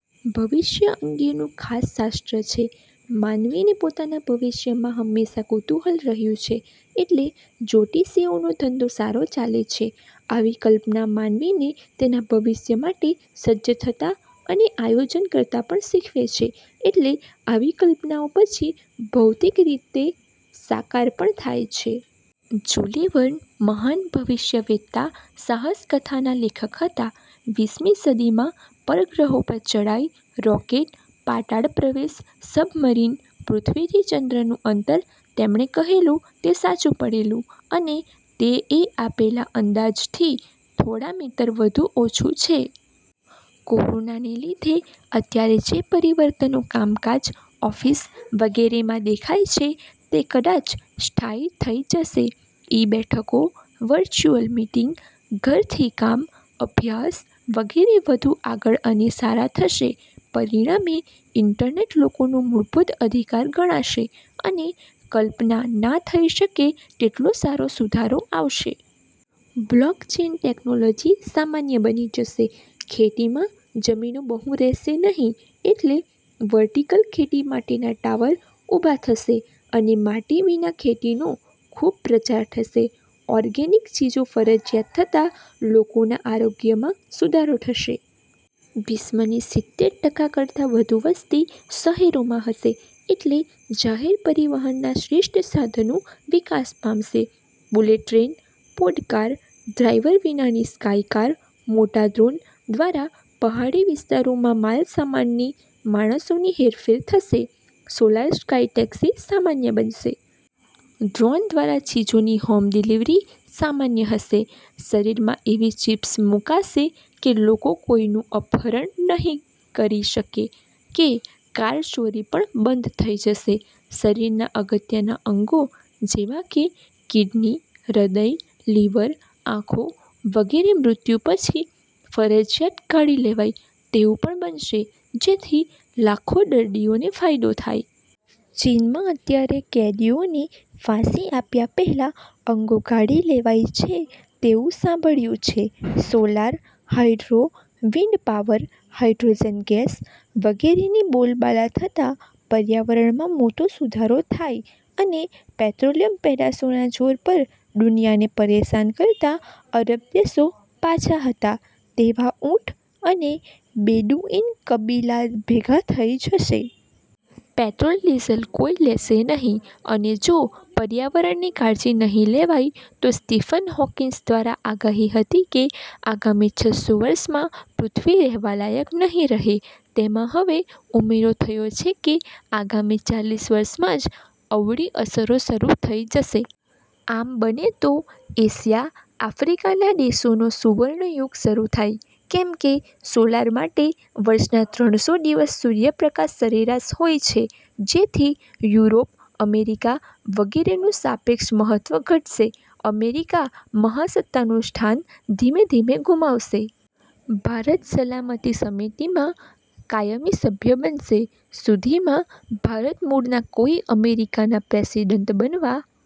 ભવિષ્ય અંગેનું ખાસ શાસ્ત્ર છે. માનવીને પોતાના ભવિષ્યમાં હંમેશા કુતૂહલ રહ્યું છે એટલે જ્યોતિષીઓનો ધંધો સારો ચાલે છે. આવી કલ્પના માનવીને તેના ભવિષ્ય માટે સજ્જ થતાં અને આયોજન કરતા પણ શીખવે છે. એટલે આવી કલ્પનાઓ પછી ભૌતિક રીતે સાકાર પણ થાય છે. જૂલે વર્ન મહાન ભવિષ્યવેત્તા સાહસ કથાના લેખક હતા. વીસ મી સદીમાં પરગ્રહો પર ચડાઈ, રોકેટ, પાતાળ પ્રવેશ, સબમરીન, પૃથ્વીથી ચંદ્રનું અંતર તેમણે કહેલું તે સાચું પડેલું અને તે એ આપેલા અંદાઝ થી થોડા મીટર વધુ ઓછું છે. કોરોનાને લીધે અત્યારે જે પરિવર્તનો કામકાજ, ઓફિસ, વગેરે માં દેખાય છે તે કદાચ સ્થાયી થઈ જશે. ઇ-બેઠકો, વર્ચુઅલ મીટીંગ, ઘરથી કામ, અભ્યાસ વગેરે વધુ આગળ અને સારા થશે. પરિણામે, ઈન્ટરનેટ લોકોનો મૂળભૂત અધિકાર ગણાશે અને કલ્પના ના થઈ શકે તેટલો સારો સુધારો આવશે. બ્લોક ચેઈન ટેકનોલોજી સામાન્ય બની જશે. ખેતીમાં જમીનો બહુ રહેશે નહિ એટલે વર્ટીકલ ખેતી માટેના ટાવર ઊભા થશે અને માટી વિના ખેતી નો ખુબ પ્રચાર થશે. ઓર્ગેનિક ચીજો ફરજિયાત થતાં લોકોના આરોગ્યમાં સુધારો થશે. વિશ્વની સિત્તેર ટકાકરતા વધુ વસ્તી શહેરોમાં હશે એટલે જાહેર પરિવહનના શ્રેષ્ઠ સાધનો વિકાસ પામશે., bullet train, pod car, driver વિનાની સ્કાય કાર, મોટા ડ્રોન દ્વારા પહાડી વિસ્તારોમાં માલસામાનની, માણસોની હેરફેર થશે. સોલાર સ્કાય ટેક્સી સામાન્ય બનશે. ડ્રોન દ્વારા ચીજોની હોમ ડિલિવરી સામાન્ય હશે. શરીરમાં એવી ચિપ્સ મુકાશે કે લોકો કોઈનું અપહરણ નહિ કરી શકે, કે કાર ચોરી પણ બંધ થઈ જશે. શરીરના અગત્યના અંગો જેવા કે કિડની, હ્રદય, લિવર, આંખો વગેરે મૃત્યુ પછી ફરજિયાત કાઢી લેવાય તેવુ પણ બનશે જેથી લાખો દર્દીઓને ફાયદો થાય. ચીનમાં અત્યારે કેદીઓને ફાંસી આપ્યા પહેલા અંગો કાઢી લેવાય છે તેવું સાંભળ્યું છે. Solar, hydro, wind power, hydrogen gas વગેરે ની બોલબાલા થતા પર્યાવરણમાં મોટો સુધારો થાય અને પેટ્રોલિયમ પેદાશોના જોર પર દુનિયાને પરેશાન કરતા અરબ દેશો પાછા હતા તેવા ઊંટ અને બેદુઈન કબીલા ભેગા થઈ જશે. પેટ્રોલ, ડીઝલ કોઈ લેશે નહિ અને જો પર્યાવરણ ની કાળજી નહિ લેવાય તો સ્ટીફન હોકિન્સ દ્વારા આગાહી હતી કે આગામી છસો વર્ષમાં પૃથ્વી રહેવાલાયક નહિ રહે તેમાં હવે ઉમેરો થયો છે કે આગામી ચાલીસ વર્ષમાં જ અવળી અસરો શરૂ થઈ જશે. આમ બને તો એશિયા, આફ્રિકાના દેશોનો સુવર્ણ યુગ શરૂ થાય, કેમકે સોલર માટે વર્ષના ત્રણસો દિવસ સૂર્ય પ્રકાશ સરેરાશ હોય છે, જેથી યુરોપ, અમેરિકા વગેરે નું સાપેક્ષ મહત્વ ઘટશે. અમેરિકા મહાસત્તાનું સ્થાન ધીમે ધીમે ગુમાવશે. ભારત સલામતી સમિતિમાં કાયમી સભ્ય બનશે. સુધીમાં ભારત મૂળના કોઈ અમેરિકાના પ્રેસિડેન્ટ બનવા